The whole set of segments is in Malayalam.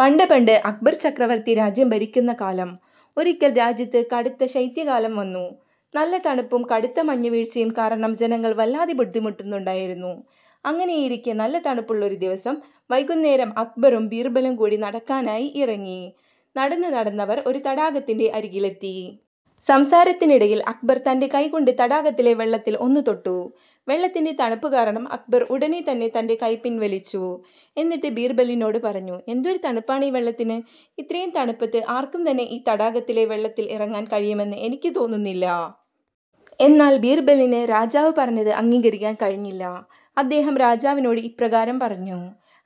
പണ്ടു പണ്ട് അക്ബർ ചക്രവർത്തി രാജ്യം ഭരിക്കുന്ന കാലം. ഒരിക്കൽ രാജ്യത്ത് കടുത്ത ശൈത്യകാലം വന്നു. നല്ല തണുപ്പും കടുത്ത മഞ്ഞുവീഴ്ചയും കാരണം ജനങ്ങൾ വല്ലാതെ ബുദ്ധിമുട്ടുന്നുണ്ടായിരുന്നു. അങ്ങനെയിരിക്കെ നല്ല തണുപ്പുള്ള ഒരു ദിവസം വൈകുന്നേരം അക്ബറും ബീർബലും കൂടി നടക്കാനായി ഇറങ്ങി. നടന്നു നടന്നവർ ഒരു തടാകത്തിന്റെ അരികിലെത്തി. സംസാരത്തിനിടയിൽ അക്ബർ തന്റെ കൈ കൊണ്ട് തടാകത്തിലെ വെള്ളത്തിൽ ഒന്നു തൊട്ടു. വെള്ളത്തിന്റെ തണുപ്പു കാരണം അക്ബർ ഉടൻ തന്നെ തന്റെ കൈ പിൻവലിച്ചു. എന്നിട്ട് ബീർബലിനോട് പറഞ്ഞു "എന്തൊരു തണുപ്പാണ് ഈ വെള്ളത്തിന്. ഇത്രയും തണുപ്പത്ത് ആർക്കും തന്നെ ഈ തടാകത്തിലെ വെള്ളത്തിൽ ഇറങ്ങാൻ കഴിയുമെന്നു എനിക്ക് തോന്നുന്നില്ല. " എന്നാൽ ബീർബലിന് രാജാവ് പറഞ്ഞതു അംഗീകരിക്കാൻ കഴിഞ്ഞില്ല. അദ്ദേഹം രാജാവിനോട് ഇപ്രകാരം പറഞ്ഞു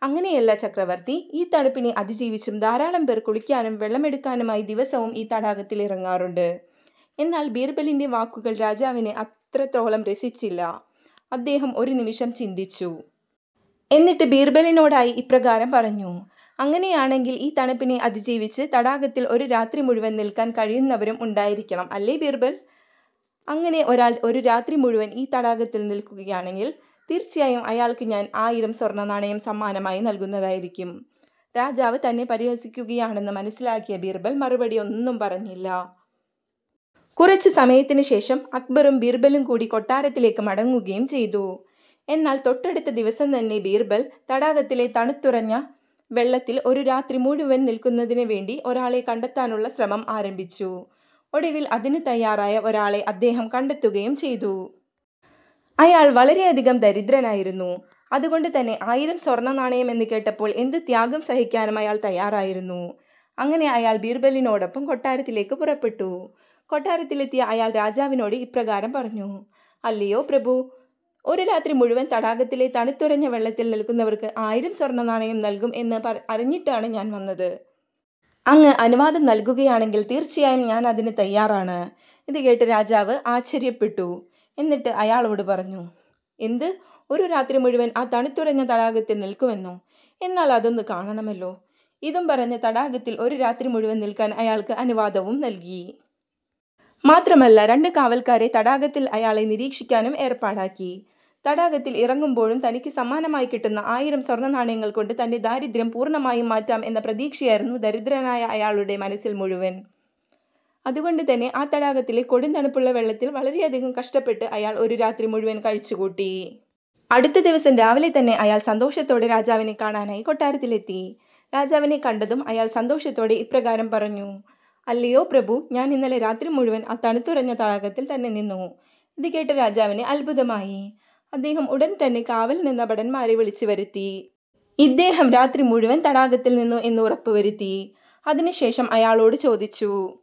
"അങ്ങനെയല്ല ചക്രവർത്തി ഈ തണുപ്പിനെ അതിജീവിച്ചും ധാരാളം പേർ കുളിക്കാനും വെള്ളം എടുക്കാനുമായി ദിവസവും ഈ തടാകത്തിൽ ഇറങ്ങാറുണ്ട്. " എന്നാൽ ബീർബലിന്റെ വാക്കുകൾ രാജാവിന് അത്രത്തോളം രസിച്ചില്ല. അദ്ദേഹം ഒരു നിമിഷം ചിന്തിച്ചു. എന്നിട്ടു ബീർബലിനോടായി ഇപ്രകാരം പറഞ്ഞു "അങ്ങനെയാണെങ്കിൽ ഈ തണുപ്പിനെ അതിജീവിച്ച് തടാകത്തിൽ ഒരു രാത്രി മുഴുവൻ നിൽക്കാൻ കഴിയുന്നവരും ഉണ്ടായിരിക്കണം അല്ലേ ബീർബൽ? അങ്ങനെ ഒരാൾ ഒരു രാത്രി മുഴുവൻ ഈ തടാകത്തിൽ നിൽക്കുകയാണെങ്കിൽ തീർച്ചയായും അയാൾക്ക് ഞാൻ ആയിരം സ്വർണനാണയം സമ്മാനമായി നൽകുന്നതായിരിക്കും. " രാജാവ് തന്നെ പരിഹസിക്കുകയാണെന്നു മനസിലാക്കിയ ബീർബൽ മറുപടി ഒന്നും പറഞ്ഞില്ല. കുറച്ചു സമയത്തിന് ശേഷം അക്ബറും ബീർബലും കൂടി കൊട്ടാരത്തിലേക്ക് മടങ്ങുകയും ചെയ്തു. എന്നാൽ തൊട്ടടുത്ത ദിവസം തന്നെ ബീർബൽ തടാകത്തിലെ തണുത്തുറഞ്ഞ വെള്ളത്തിൽ ഒരു രാത്രി മുഴുവൻ നിൽക്കുന്നതിനു വേണ്ടി ഒരാളെ കണ്ടെത്താനുള്ള ശ്രമം ആരംഭിച്ചു. ഒടുവിൽ അതിനു തയ്യാറായ ഒരാളെ അദ്ദേഹം കണ്ടെത്തുകയും ചെയ്തു. അയാൾ വളരെയധികം ദരിദ്രനായിരുന്നു. അതുകൊണ്ടു തന്നെ ആയിരം സ്വർണനാണയം എന്ന് കേട്ടപ്പോൾ എന്തു ത്യാഗം സഹിക്കാനും അയാൾ തയ്യാറായിരുന്നു. അങ്ങനെ അയാൾ ബീർബലിനോടൊപ്പം കൊട്ടാരത്തിലേക്ക് പുറപ്പെട്ടു. കൊട്ടാരത്തിലെത്തിയ അയാൾ രാജാവിനോനോട് ഇപ്രകാരം പറഞ്ഞു. "അല്ലയോ പ്രഭു, ഒരു രാത്രി മുഴുവൻ തടാകത്തിലെ തണുത്തുറഞ്ഞ വെള്ളത്തിൽ നിൽക്കുന്നവർക്ക് ആയിരം സ്വർണനാണയം നൽകും എന്ന് അറിഞ്ഞിട്ടാണ് ഞാൻ വന്നത്. അങ്ങ് അനുവാദം നൽകുകയാണെങ്കിൽ തീർച്ചയായും ഞാൻ അതിന് തയ്യാറാണ്. " ഇതു കേട്ട രാജാവ് ആശ്ചര്യപ്പെട്ടു. എന്നിട്ട് അയാളോട് പറഞ്ഞു "എന്ത് ഒരു രാത്രി മുഴുവൻ ആ തണുത്തുറഞ്ഞ തടാകത്തിൽ നിൽക്കുമെന്നോ? എന്നാൽ അതൊന്നു കാണണമല്ലോ. " ഇതും പറഞ്ഞു തടാകത്തിൽ ഒരു രാത്രി മുഴുവൻ നിൽക്കാൻ അയാൾക്ക് അനുവാദവും നൽകി. മാത്രമല്ല രണ്ടു കാവൽക്കാരെ തടാകത്തിൽ അയാളെ നിരീക്ഷിക്കാനും ഏർപ്പാടാക്കി. തടാകത്തിൽ ഇറങ്ങുമ്പോഴും തനിക്കു സമ്മാനമായി കിട്ടുന്ന ആയിരം സ്വർണനാണയങ്ങൾ കൊണ്ട് തന്റെ ദാരിദ്യം പൂർണമായും മാറ്റാം എന്ന പ്രതീക്ഷയായിരുന്നു ദരിദ്രനായ അയാളുടെ മനസ്സിൽ മുഴുവൻ. അതുകൊണ്ടു തന്നെ ആ തടാകത്തിലെ കൊടും തണുപ്പുള്ള വെള്ളത്തിൽ വളരെയധികം കഷ്ടപ്പെട്ട് അയാൾ ഒരു രാത്രി മുഴുവൻ കഴിച്ചു കൂട്ടി. അടുത്ത ദിവസം രാവിലെ തന്നെ അയാൾ സന്തോഷത്തോടെ രാജാവിനെ കാണാനായി കൊട്ടാരത്തിലെത്തി. രാജാവിനെ കണ്ടതും അയാൾ സന്തോഷത്തോടെ ഇപ്രകാരം പറഞ്ഞു. "അല്ലയോ പ്രഭു, ഞാൻ ഇന്നലെ രാത്രി മുഴുവൻ ആ തണുത്തുറഞ്ഞ തടാകത്തിൽ തന്നെ നിന്നു. " ഇതു കേട്ട രാജാവിന് അത്ഭുതമായി. അദ്ദേഹം ഉടൻ തന്നെ കാവൽ നിന്ന ഭടന്മാരെ വിളിച്ചു വരുത്തി. ഇദ്ദേഹം രാത്രി മുഴുവൻ തടാകത്തിൽ നിന്നു എന്ന് ഉറപ്പു വരുത്തി. അതിനു ശേഷം അയാളോട് ചോദിച്ചു